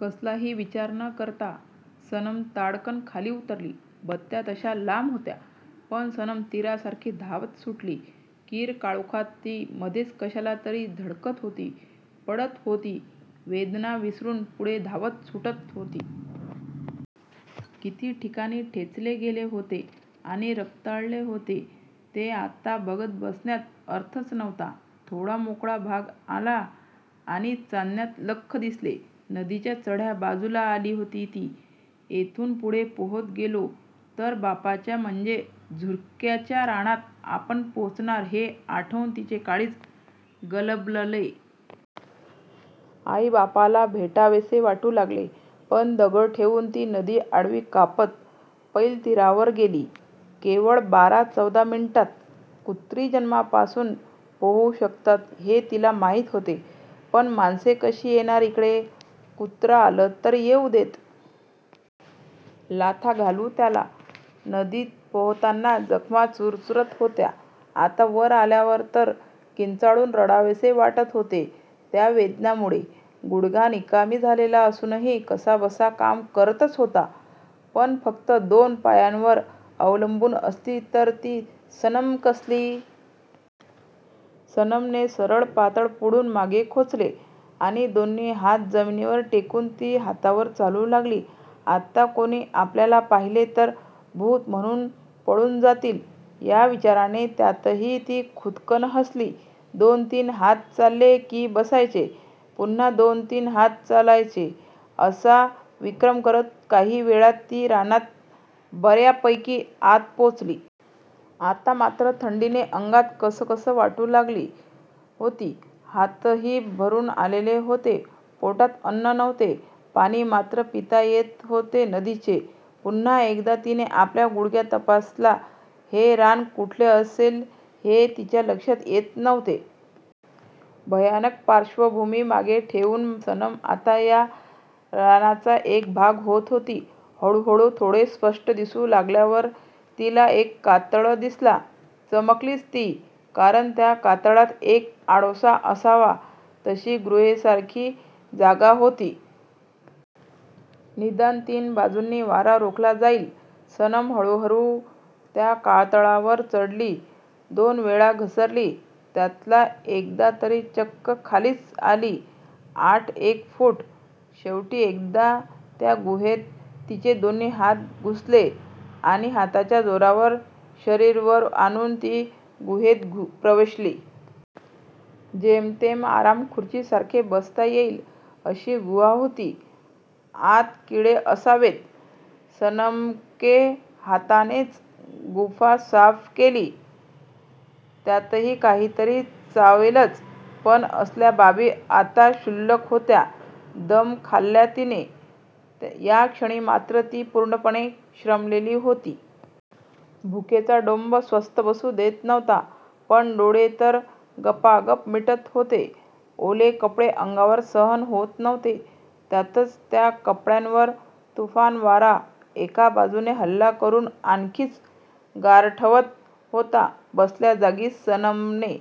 कसलाही विचार न करता सनम ताडकन खाली उतरली. बत्त्या तश्या लांब होत्या. पण सनम तीरासारखी धावत सुटली. किर्र काळोखात ती मधेच कशाला तरी धडकत होती, पडत होती, वेदना विसरून पुढे धावत सुटत होती. किती ठिकाणी ठेचले गेले होते आणि रक्ताळले होते ते आत्ता बघत बसण्यात अर्थच नव्हता. थोडा मोकळा भाग आला आणि चांदण्यात लख्ख दिसले. नदीच्या चढ्या बाजूला आली होती ती. येथून पुढे पोहत गेलो तर बापाच्या म्हणजे झुर्क्याच्या रानात आपण पोचणार हे आठवून तिचे काळीज गलबलले. आई बापाला भेटावेसे वाटू लागले. पण दगड ठेवून ती नदी आडवी कापत पैलतीरावर गेली. केवळ बारा चौदा मिनिटांत! कुत्री जन्मापासून पोहू शकतात हे तिला माहीत होते. पण माणसे कशी येणार इकडे? कुत्रं आलं तर येऊदेत! लाथा घालू त्याला. नदीत पोहताना जखमा चुरचुरत होत्या. आता वर आल्यावर तर किंचाळून रडावेसे वाटत होते त्या वेदनांमुळे! गुडघा निकामी झालेला असूनही कसाबसा काम करतच होता. पण फक्त दोन पायांवर अवलंबून असली तर ती सनम कसली? सनमने सरळ पातळ पुढून मागे खोचले आणि दोन्ही हात जमीनीवर टेकवून ती हातांवर चालू लागली. आत्ता कोणी आपल्याला पाहिले तर भूत म्हणून पळून जातील या विचाराने त्यातही ती खुदकन हासली. दोन तीन हात चालले की बसायचे, पुन्हा दोन तीन हात चालायचे असा विक्रम करत काही वेळात ती रानात बर्यापैकी आत पोचली. आता मात्र थंडीने अंगात कसकस वाटू लागली होती. हातही भरून आलेले होते. पोटात अन्न नव्हते. पाणी मात्र पिता येत होते नदीचे. पुन्हा एकदा तिने आपला गुडघा तपासला. हे रान कुठले असेल हे तिच्या लक्षात येत नव्हते. भयानक पार्श्वभूमी मागे ठेवून सनम आता या रानाचा एक भाग होत होती. हळूहळू थोडे स्पष्ट दिसू लागल्यावर तिला एक कातळ दिसला. चमकलीच ती! कारण त्या कातळात एक आडोसा असावा तशी गुहेसारखी जागा होती. निदान तीन बाजूंनी वारा रोखला जाईल. सनम हळूहळू त्या कातळावर चढली. दोन वेळा घसरली. त्यातल्या एकदा तर चक्क खालीच आली आठ एक फूट! शेवटी एकदा त्या गुहेत तिचे दोन्ही हात घुसले आणि हातांच्या जोरावर शरीर वर आणून ती गुहेत प्रवेशली. जेमतेम आरामखुर्चीसारखे बसता येईल अशी गुहा होती. आत किडे असावेत. सनमके हातानेच गुहा साफ केली. त्यातही काहीतरी चावलेच. पण असल्या बाबी आता क्षुल्लक होत्या. दम खाल्ला तिने! या क्षणी मात्र ती पूर्णपणे श्रमलेली होती. भूकेचा डोंब स्वस्थ बसू देत नव्हता. पण डोळे तर गपागप मिटत होते. ओले कपडे अंगावर सहन होत नव्हते. त्यातच त्या कपड्यांवर तुफान वारा एका बाजूने हल्ला करून आणखीनच गारठवत होता. बसल्या जागी सनमने